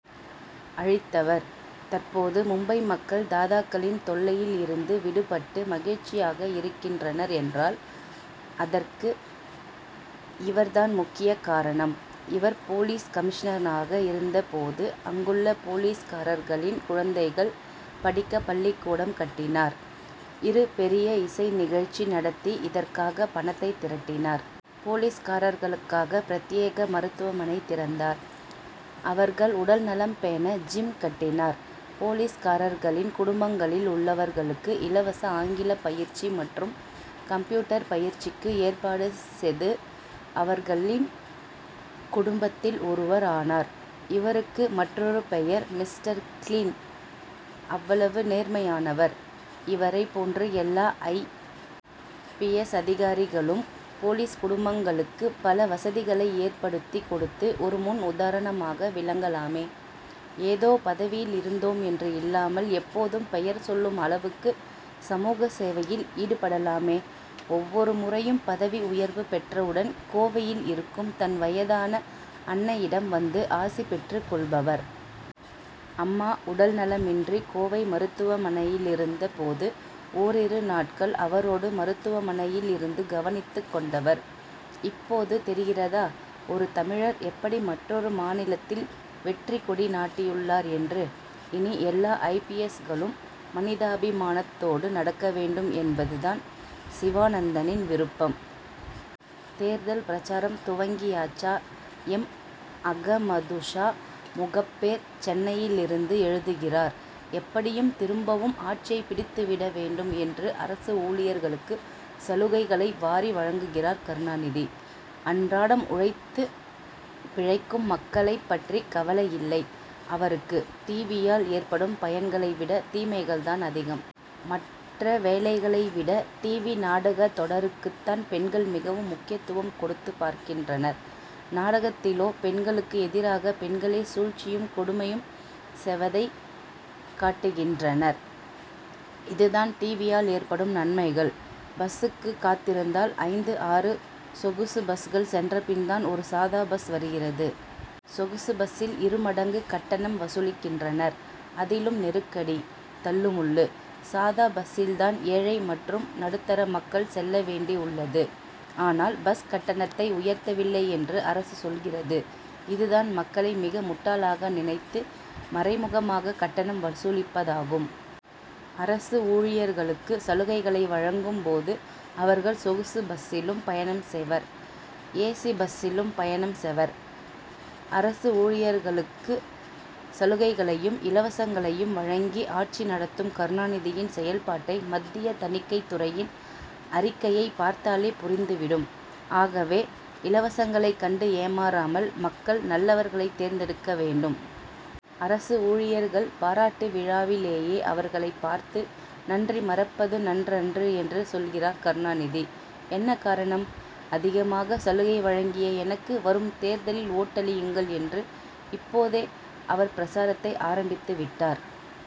அழித்தவர். தற்போது மும்பை மக்கள், தாதாக்களின் தொல்லையில் இருந்து விடுபட்டு மகிழ்ச்சியாக இருக்கின்றனர் என்றால், அதற்கு இவர் தான் முக்கிய காரணம். இவர், போலீஸ் கமிஷனராக இருந்த போது, அங்குள்ள போலீஸ்காரர்களின் குழந்தைகள் படிக்க பள்ளிக்கூடம் கட்டினார். இரு பெரிய இசை நிகழ்ச்சி நடத்தி, இதற்கான பணத்தை திரட்டினார். போலீஸ்காரர்களுக்காக, பிரத்யேக மருத்துவமனை திறந்தார். அவர்கள் உடல்நலம் பேண, ஜிம் கட்டினார். போலீஸ்காரர்களின் குடும்பங்களில் உள்ளவர்களுக்கு, இலவச ஆங்கிலப்பயிற்சி மற்றும் கம்ப்யூட்டர் பயிற்சிக்கு ஏற்பாடு செது, அவர்களின் குடும்பத்தில் ஒருவர் ஆனார். இவருக்கு மற்றொரு பெயர், மிஸ்டர் கிளீன்! அவ்வளவு நேர்மையானவர். இவரை போன்று எல்லா ஐ. பி. எஸ். அதிகாரிகளும், போலீஸ் குடும்பங்களுக்கு பல வசதிகளை ஏற்படுத்தி கொடுத்து, ஒரு முன் உதாரணமாக விளங்கலாமே? ஏதோ பதவியில் இருந்தோம் என்று இல்லாமல், எப்போதும் பெயர் சொல்லும் அளவுக்கு, சமூக சேவையில் ஈடுபடலாமே. ஒவ்வொரு முறையும் பதவி உயர்வு பெற்றவுடன், கோவையில் இருக்கும் தன் வயதான அன்னையிடம் வந்து ஆசிபெற்றுக் கொள்பவர். அம்மா உடல்நலமின்றி கோவை மருத்துவமனையிலிருந்த போது, ஓரிரு நாட்கள் அவரோடு மருத்துவமனையில் இருந்து கவனித்துக் கொண்டவர். இப்போது தெரிகிறதா? ஒரு தமிழர் எப்படி மற்றொரு மாநிலத்தில் வெற்றிக்கொடி நாட்டியுள்ளார் என்று. இனி எல்லா ஐ. பி. எஸ்.களும் மனிதாபிமானத்தோடு நடக்க வேண்டும் என்பது தான் சிவானந்தனின் விருப்பம். தேர்தல் பிரசாரம் துவங்கியாச்சா? எம். அகமதுஷா, முகப்பேர், சென்னையிலிருந்து எழுதுகிறார்: எப்படியும் திரும்பவும் ஆட்சியை பிடித்துவிட வேண்டும் என்று, அரசு ஊழியர்களுக்கு சலுகைகளை வாரி வழங்குகிறார் கருணாநிதி. அன்றாடம் உழைத்து பிழைக்கும் மக்களைப் பற்றி கவலையில்லை அவருக்கு. டிவியால் ஏற்படும் பயன்களை விட, தீமைகள் தான் அதிகம். மற்ற வேலைகளை விட, டிவி நாடக தொடருக்குத்தான் பெண்கள் மிகவும் முக்கியத்துவம் கொடுத்து பார்க்கின்றனர். நாடகத்திலோ, பெண்களுக்கு எதிராக, பெண்களே சூழ்ச்சியும், கொடுமையும் செவதை காட்டுகின்றனர். இதுதான், டிவியால் ஏற்படும், நன்மைகள்! பஸ்சுக்கு காத்திருந்தால், ஐந்து, ஆறு சொகுசு பஸ்கள் சென்றபின் தான் ஒரு சாதா பஸ் வருகிறது. சொகுசு பஸ்சில், இருமடங்கு கட்டணம் வசூலிக்கின்றனர். அதிலும் நெருக்கடி, தள்ளு முள்ளு. சாதா பஸ்சில் தான் ஏழை மற்றும் நடுத்தர மக்கள் செல்ல வேண்டி உள்ளது. ஆனால், பஸ் கட்டணத்தை உயர்த்தவில்லை என்று அரசு சொல்கிறது. இதுதான், மக்களை மிக முட்டாளாக நினைத்து, மறைமுகமாக கட்டணம் வசூலிப்பதாகும். அரசு ஊழியர்களுக்கு சலுகைகளை வழங்கும் போது, அவர்கள் சொகுசு பஸ்சிலும் பயணம் செவர், ஏசி பஸ்சிலும் பயணம் செவர். அரசு ஊழியர்களுக்கு சலுகைகளையும், இலவசங்களையும் வழங்கி, ஆட்சி நடத்தும் கருணாநிதியின் செயல்பாட்டை, மத்திய தணிக்கை துறையின் அறிக்கையை பார்த்தாலே புரிந்து விடும். ஆகவே, இலவசங்களை கண்டு ஏமாறாமல், மக்கள், நல்லவர்களை தேர்ந்தெடுக்க வேண்டும். அரசு ஊழியர்கள் பாராட்டு விழாவிலேயே, அவர்களை பார்த்து, நன்றி மறப்பது நன்றன்று என்று சொல்கிறார் கருணாநிதி. என்ன காரணம்? அதிகமாக சலுகை வழங்கிய எனக்கு, வரும் தேர்தலில் ஓட்டளியுங்கள் என்று, இப்போதே அவர் பிரசாரத்தை ஆரம்பித்து விட்டார்.